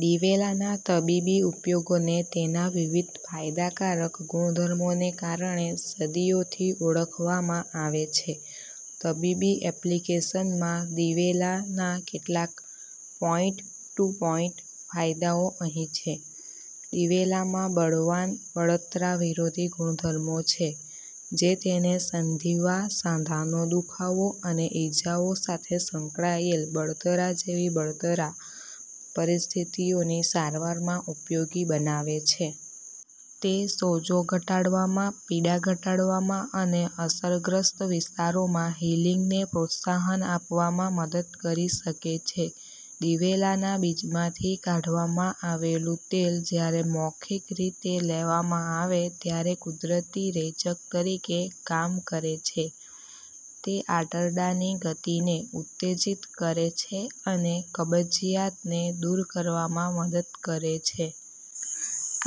દિવેલા ના તબીબી ઉપયોગોને તેના વિવિધ ફાયદાકારક ગુણધર્મોને કારણે સદીઓથી ઓળખવામાં આવે છે. તબીબી એપ્લિકેશનમાં દિવેલા ના કેટલાક પોઈન્ટ-ટુ-પોઈન્ટ ફાયદાઓ અહીં છે: દિવેલામાં બળવાન બળતરા વિરોધી ગુણધર્મો છે, જે તેને સંધિવા, સાંધાનો દુખાવો અને ઇજાઓ સાથે સંકળાયેલ બળતરા જેવી બળતરા પરિસ્થિતિઓની સારવારમાં ઉપયોગી બનાવે છે. તે સોજો ઘટાડવામાં, પીડા ઘટાડવામાં અને અસરગ્રસ્ત વિસ્તારોમાં હીલિંગને પ્રોત્સાહન આપવામાં મદદ કરી શકે છે. દિવેલાના બીજમાંથી કાઢવામાં આવેલું તેલ જ્યારે મૌખિક રીતે લેવામાં આવે ત્યારે કુદરતી રેચક તરીકે કામ કરે છે. તે આંતરડાની ગતિને ઉત્તેજિત કરે છે અને કબજિયાતને દૂર કરવામાં મદદ કરે છે.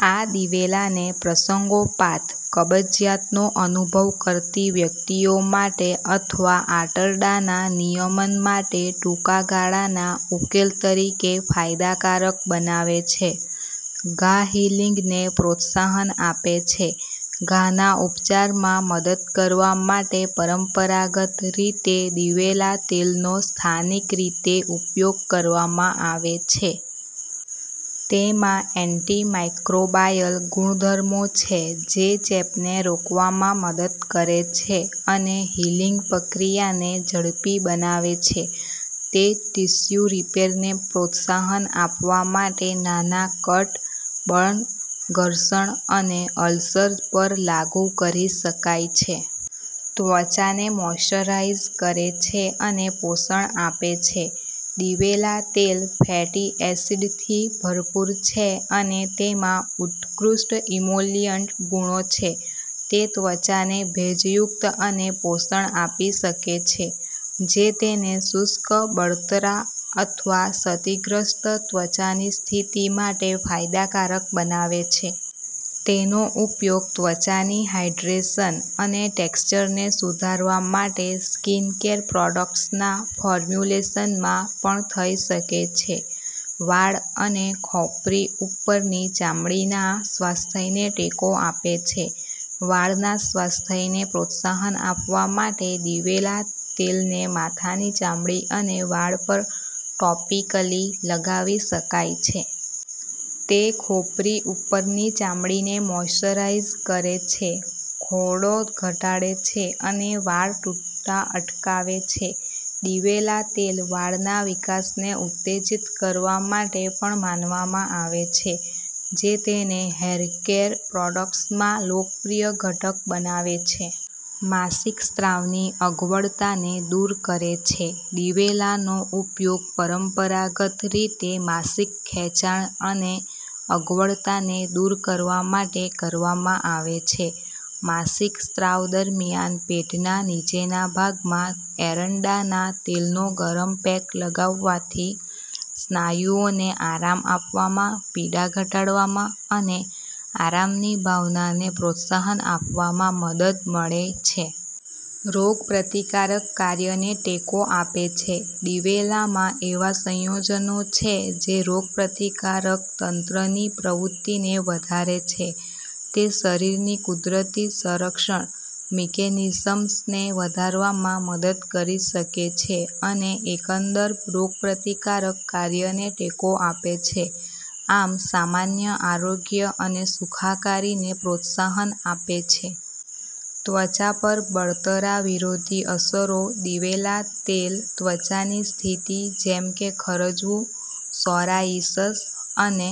આ દિવેલાને પ્રસંગોપાત કબજિયાતનો અનુભવ કરતી વ્યક્તિઓ માટે અથવા આંતરડાના નિયમન માટે ટૂંકા ગાળાના ઉકેલ તરીકે ફાયદાકારક બનાવે છે. ઘા હીલિંગને પ્રોત્સાહન આપે છે: ઘાના ઉપચારમાં મદદ કરવા માટે પરંપરાગત રીતે દિવેલા તેલનો સ્થાનિક રીતે ઉપયોગ કરવામાં આવે છે. તેમાં એન્ટિમાઇક્રોબાયલ ગુણધર્મો છે જે ચેપને રોકવામાં મદદ કરે છે અને હીલિંગ પ્રક્રિયાને ઝડપી બનાવે છે. તે ટીશ્યુ રિપેરને પ્રોત્સાહન આપવા માટે નાના કટ, બર્ન, ઘર્ષણ અને અલ્સર પર લાગુ કરી શકાય છે. ત્વચાને મોઇશ્ચરાઇઝ કરે છે અને પોષણ આપે છે: દિવેલા તેલ ફેટી એસિડથી ભરપૂર છે અને તેમાં ઉત્કૃષ્ટ ઇમોલિયન્ટ ગુણો છે. તે ત્વચાને ભેજયુક્ત અને પોષણ આપી શકે છે, જે તેને શુષ્ક, બળતરા અથવા ક્ષતિગ્રસ્ત ત્વચાની સ્થિતિ માટે ફાયદાકારક બનાવે છે. તેનો ઉપયોગ ત્વચાની હાઇડ્રેશન અને ટેક્સચરને સુધારવા માટે સ્કિનકેર પ્રોડક્ટ્સના ફોર્મ્યુલેશનમાં પણ થઈ શકે છે. વાળ અને ખોપરી ઉપરની ચામડીના સ્વાસ્થ્યને ટેકો આપે છે: વાળના સ્વાસ્થ્યને પ્રોત્સાહન આપવા માટે દિવેલા તેલને માથાની ચામડી અને વાળ પર ટોપિકલી લગાવી શકાય છે. તે ખોપરી ઉપરની ચામડીને મોઇશ્ચરાઇઝ કરે છે, ખોડો ઘટાડે છે અને વાળ તૂટતા અટકાવે છે. દિવેલા તેલ વાળના વિકાસને ઉત્તેજીત કરવા માટે પણ માનવામાં આવે છે, જે તેને હેર કેર પ્રોડક્ટ્સમાં લોકપ્રિય ઘટક બનાવે છે. માસિક સ્રાવની અગવડતાને દૂર કરે છે: દિવેલાનો ઉપયોગ પરંપરાગત રીતે માસિક ખેંચાણ અને અગવડતાને દૂર કરવા માટે કરવામાં આવે છે. માસિક સ્રાવ દરમિયાન પેટના નીચેના ભાગમાં એરંડાના તેલનો ગરમ પેક લગાવવાથી સ્નાયુઓને આરામ આપવામાં, પીડા ઘટાડવામાં અને આરામની ભાવનાને પ્રોત્સાહન આપવામાં મદદ મળે છે. રોગપ્રતિકારક કાર્યને ટેકો આપે છે: દિવેલામાં એવા સંયોજનો છે જે રોગપ્રતિકારક તંત્રની પ્રવૃત્તિને વધારે છે. તે શરીરની કુદરતી સંરક્ષણ મિકેનિઝમ્સને વધારવામાં મદદ કરી શકે છે અને એકંદર રોગપ્રતિકારક કાર્યને ટેકો આપે છે, આમ સામાન્ય આરોગ્ય અને સુખાકારીને પ્રોત્સાહન આપે છે. ત્વચા પર બળતરા વિરોધી અસરો: દિવેલા તેલ ત્વચાની સ્થિતિ જેમ કે ખરજવું, સૉરાયિસસ અને